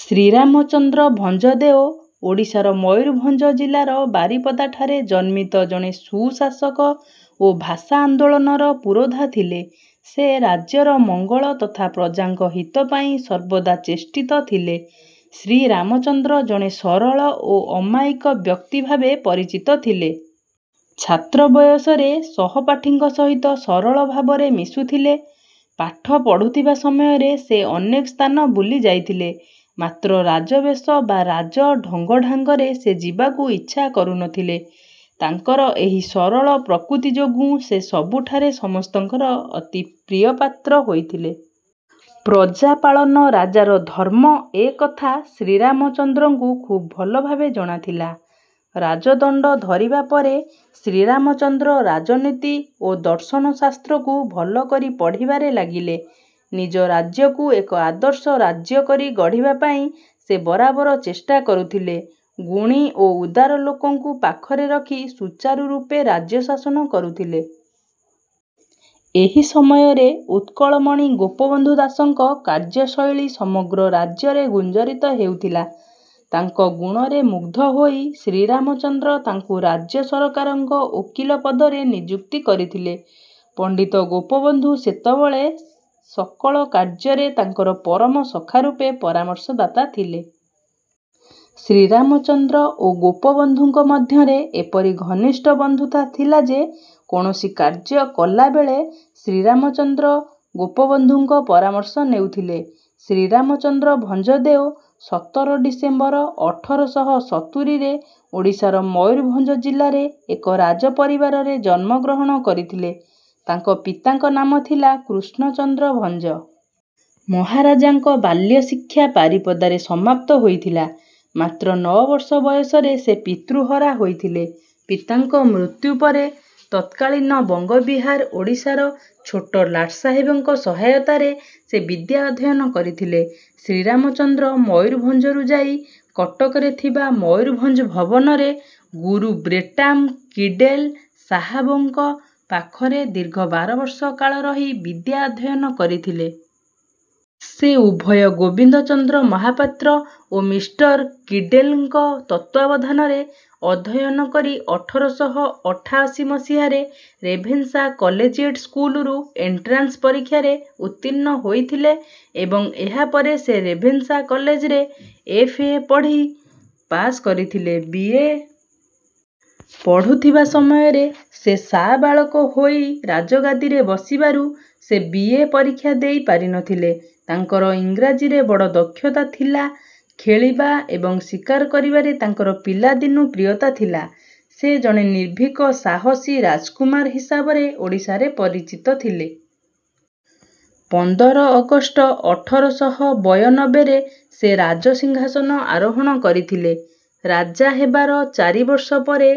ଶ୍ରୀରାମ ଚନ୍ଦ୍ର ଭଞ୍ଜଦେଓ ଓଡ଼ିଶାର ମୟୂରଭଞ୍ଜ ଜିଲ୍ଲାର ବାରିପଦାଠାରେ ଜନ୍ମିତ ଜଣେ ସୁଶାସକ ଓ ଭାଷା ଆନ୍ଦୋଳନର ପୁରୋଧା ଥିଲେ। ସେ ରାଜ୍ୟର ମଙ୍ଗଳ ତଥା ପ୍ରଜାଙ୍କ ହିତ ପାଇଁ ସର୍ବଦା ଚେଷ୍ଟିତ ଥିଲେ। ଶ୍ରୀରାମଚନ୍ଦ୍ର ଜଣେ ସରଳ ଓ ଅମାୟିକ ବ୍ୟକ୍ତି ଭାବେ ପରିଚିତ ଥିଲେ। ଛାତ୍ର ବୟସରେ ସହପାଠୀଙ୍କ ସହିତ ସରଳ ଭାବରେ ମିଶୁଥିଲେ। ପାଠ ପଢୁଥିବା ସମୟରେ ସେ ଅନେକ ସ୍ଥାନ ବୁଲି ଯାଇଥିଲେ। ମାତ୍ର ରାଜବେଶ ବା ରାଜ ଢଙ୍ଗଢାଙ୍ଗରେ ସେ ଯିବାକୁ ଇଚ୍ଛା କରୁନଥିଲେ। ତାଙ୍କର ଏହି ସରଳ ପ୍ରକୃତି ଯୋଗୁଁ ସେ ସବୁଠାରେ ସମସ୍ତଙ୍କର ଅତି ପ୍ରିୟପାତ୍ର ହୋଇଥିଲେ। ପ୍ରଜା ପାଳନ ରାଜାର ଧର୍ମ ଏ କଥା ଶ୍ରୀରାମଚନ୍ଦ୍ରଙ୍କୁ ଖୁବ୍ ଭଲଭାବେ ଜଣାଥିଲା। ରାଜଦଣ୍ଡ ଧରିବା ପରେ ଶ୍ରୀରାମଚନ୍ଦ୍ର ରାଜନୀତି ଓ ଦର୍ଶନଶାସ୍ତ୍ରକୁ ଭଲକରି ପଢ଼ିବାରେ ଲାଗିଲେ। ନିଜ ରାଜ୍ୟକୁ ଏକ ଆଦର୍ଶ ରାଜ୍ୟ କରି ଗଢ଼ିବା ପାଇଁ ସେ ବରାବର ଚେଷ୍ଟା କରୁଥିଲେ। ଗୁଣି ଓ ଉଦାର ଲୋକଙ୍କୁ ପାଖରେ ରଖି ସୁଚାରୁ ରୂପେ ରାଜ୍ୟ ଶାସନ କରୁଥିଲେ। ଏହି ସମୟରେ ଉତ୍କଳମଣି ଗୋପବନ୍ଧୁ ଦାସଙ୍କ କାର୍ଯ୍ୟଶୈଳୀ ସମଗ୍ର ରାଜ୍ୟରେ ଗୁଞ୍ଜରିତ ହେଉଥିଲା। ତାଙ୍କ ଗୁଣରେ ମୁଗ୍ଧ ହୋଇ ଶ୍ରୀରାମଚନ୍ଦ୍ର ତାଙ୍କୁ ରାଜ୍ୟ ସରକାରଙ୍କ ଓକିଲ ପଦରେ ନିଯୁକ୍ତି କରିଥିଲେ। ପଣ୍ଡିତ ଗୋପବନ୍ଧୁ ସେତେବେଳେ ସକଳ କାର୍ଯ୍ୟରେ ତାଙ୍କର ପରମ ସଖା ରୂପେ ପରାମର୍ଶଦାତା ଥିଲେ। ଶ୍ରୀରାମଚନ୍ଦ୍ର ଓ ଗୋପବନ୍ଧୁଙ୍କ ମଧ୍ୟରେ ଏପରି ଘନିଷ୍ଠ ବନ୍ଧୁତା ଥିଲାଯେ କୌଣସି କାର୍ଯ୍ୟ କଲାବେଳେ ଶ୍ରୀରାମଚନ୍ଦ୍ର ଗୋପବନ୍ଧୁଙ୍କ ପରାମର୍ଶ ନେଉଥିଲେ। ଶ୍ରୀରାମ ଚନ୍ଦ୍ର ଭଞ୍ଜଦେଓ ସତର ଡିସେମ୍ବର ଅଠର ଶହ ସତୁରିରେ ଓଡ଼ିଶାର ମୟୂରଭଞ୍ଜ ଜିଲ୍ଲାରେ ଏକ ରାଜ ପରିବାରରେ ଜନ୍ମ ଗ୍ରହଣ କରିଥିଲେ। ତାଙ୍କ ପିତାଙ୍କ ନାମ ଥିଲା କୃଷ୍ଣଚନ୍ଦ୍ର ଭଞ୍ଜ। ମହାରାଜାଙ୍କ ବାଲ୍ୟଶିକ୍ଷା ବାରିପଦାରେ ସମାପ୍ତ ହୋଇଥିଲା। ମାତ୍ର ନଅ ବର୍ଷ ବୟସରେ ସେ ପିତୃହରା ହୋଇଥିଲେ। ପିତାଙ୍କ ମୃତ୍ୟୁ ପରେ ତତ୍କାଳୀନ ବଙ୍ଗବିହାରଓଡ଼ିଶାର ଛୋଟ ଲାଟସାହେବଙ୍କ ସହାୟତାରେ ସେ ବିଦ୍ୟା ଅଧ୍ୟୟନ କରିଥିଲେ। ଶ୍ରୀରାମଚନ୍ଦ୍ର ମୟୂରଭଞ୍ଜରୁ ଯାଇ କଟକରେ ଥିବା ମୟୂରଭଞ୍ଜ ଭବନରେ ଗୁରୁ ବ୍ରେଟାମ୍ କିଡ଼େଲ୍ ସାହାବଙ୍କ ପାଖରେ ଦୀର୍ଘ ବାରବର୍ଷ କାଳ ରହି ବିଦ୍ୟା ଅଧ୍ୟୟନ କରିଥିଲେ। ସେ ଉଭୟ ଗୋବିନ୍ଦଚନ୍ଦ୍ର ମହାପାତ୍ର ଓ ମିଷ୍ଟର କିଡେଲ୍ଙ୍କ ତତ୍ତ୍ୱାବଧାନରେ ଅଧ୍ୟୟନ କରି ଅଠର ଶହ ଅଠାଅଶୀ ମସିହାରେ ରେଭେନ୍ସା କଲେଜିଏଟ୍ ସ୍କୁଲରୁ ଏଣ୍ଟ୍ରାନ୍ସ ପରୀକ୍ଷାରେ ଉତ୍ତୀର୍ଣ୍ଣ ହୋଇଥିଲେ ଏବଂ ଏହାପରେ ସେ ରେଭେନ୍ସା କଲେଜରେ ଏଫ. ଏ. ପଢ଼ି ପାଶ୍ କରିଥିଲେ। ବି. ଏ. ପଢ଼ୁଥିବା ସମୟରେ ସେ ସାବାଳକ ହୋଇ ରାଜଗାଦିରେ ବସିବାରୁ ସେ ବି. ଏ. ପରୀକ୍ଷା ଦେଇ ପାରିନଥିଲେ। ତାଙ୍କର ଇଂରାଜୀରେ ବଡ଼ ଦକ୍ଷତା ଥିଲା ଖେଳିବା ଏବଂ ଶିକାର କରିବାରେ ତାଙ୍କର ପିଲାଦିନୁ ପ୍ରିୟତା ଥିଲା। ସେ ଜଣେ ନିର୍ଭୀକ ସାହସୀ ରାଜକୁମାର ହିସାବରେ ଓଡ଼ିଶାରେ ପରିଚିତ ଥିଲେ। ପନ୍ଦର ଅଗଷ୍ଟ ଅଠର ଶହ ବୟନବେରେ ସେ ରାଜ ସିଂହାସନ ଆରୋହଣ କରିଥିଲେ। ରାଜା ହେବାର ଚାରିବର୍ଷ ପରେ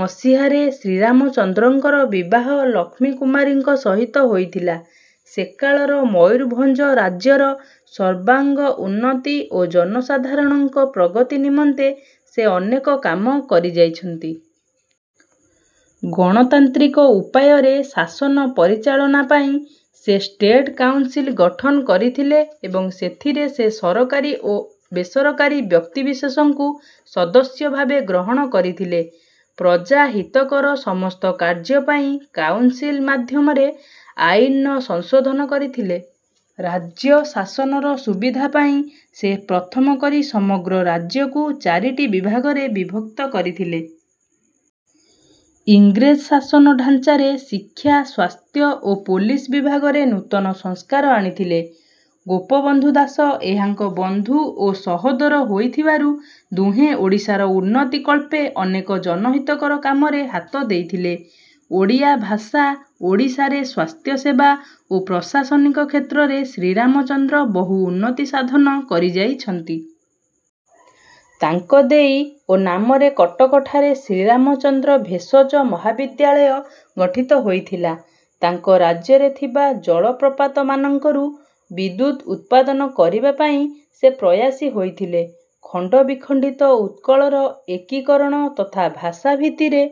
ମସିହାରେ ଶ୍ରୀରାମଚନ୍ଦ୍ରଙ୍କର ବିବାହ ଲକ୍ଷ୍ମୀ କୁମାରୀଙ୍କ ସହିତ ହୋଇଥିଲା। ସେକାଳର ମୟୂରଭଞ୍ଜ ରାଜ୍ୟର ସର୍ବାଙ୍ଗ ଉନ୍ନତି ଓ ଜନସାଧାରଣଙ୍କ ପ୍ରଗତି ନିମନ୍ତେ ସେ ଅନେକ କାମ କରିଯାଇଛନ୍ତି। ଗଣତାନ୍ତ୍ରିକ ଉପାୟରେ ଶାସନ ପରିଚାଳନା ପାଇଁ ସେ ଷ୍ଟେଟ୍ କାଉନ୍ସିଲ୍ ଗଠନ କରିଥିଲେ ଏବଂ ସେଥିରେ ସେ ସରକାରୀ ଓ ବେସରକାରୀ ବ୍ୟକ୍ତିବିଶେଷଙ୍କୁ ସଦସ୍ୟଭାବେ ଗ୍ରହଣ କରିଥିଲେ। ପ୍ରଜା ହିତକର ସମସ୍ତ କାର୍ଯ୍ୟ ପାଇଁ କାଉନ୍ସିଲ୍ ମାଧ୍ୟମରେ ଆଇନର ସଂଶୋଧନ କରିଥିଲେ। ରାଜ୍ୟ ଶାସନର ସୁବିଧା ପାଇଁ ସେ ପ୍ରଥମ କରି ସମଗ୍ର ରାଜ୍ୟକୁ ଚାରିଟି ବିଭାଗରେ ବିଭକ୍ତ କରିଥିଲେ। ଇଂରେଜ ଶାସନ ଢ଼ାଞ୍ଚାରେ ଶିକ୍ଷା ସ୍ୱାସ୍ଥ୍ୟ ଓ ପୋଲିସ୍ ବିଭାଗରେ ନୂତନ ସଂସ୍କାର ଆଣିଥିଲେ। ଗୋପବନ୍ଧୁ ଦାସ ଏହାଙ୍କ ବନ୍ଧୁ ଓ ସହୋଦର ହୋଇଥିବାରୁ ଦୁହେଁ ଓଡ଼ିଶାର ଉନ୍ନତି କଳ୍ପେ ଅନେକ ଜନହିତକର କାମରେ ହାତ ଦେଇଥିଲେ। ଓଡ଼ିଆ ଭାଷା ଓଡ଼ିଶାରେ ସ୍ୱାସ୍ଥ୍ୟସେବା ଓ ପ୍ରଶାସନିକ କ୍ଷେତ୍ରରେ ଶ୍ରୀରାମ ଚନ୍ଦ୍ର ବହୁ ଉନ୍ନତି ସାଧନ କରିଯାଇଛନ୍ତି। ତାଙ୍କ ଦେଇ ଓ ନାମରେ କଟକଠାରେ ଶ୍ରୀରାମଚନ୍ଦ୍ର ଭେଷଜ ମହାବିଦ୍ୟାଳୟ ଗଠିତ ହୋଇଥିଲା। ତାଙ୍କ ରାଜ୍ୟରେ ଥିବା ଜଳପ୍ରପାତମାନଙ୍କରୁ ବିଦ୍ୟୁତ୍ ଉତ୍ପାଦନ କରିବା ପାଇଁ ସେ ପ୍ରୟାସୀ ହୋଇଥିଲେ। ଖଣ୍ଡବିଖଣ୍ଡିତ ଉତ୍କଳର ଏକୀକରଣ ତଥା ଭାଷାଭିତ୍ତିରେ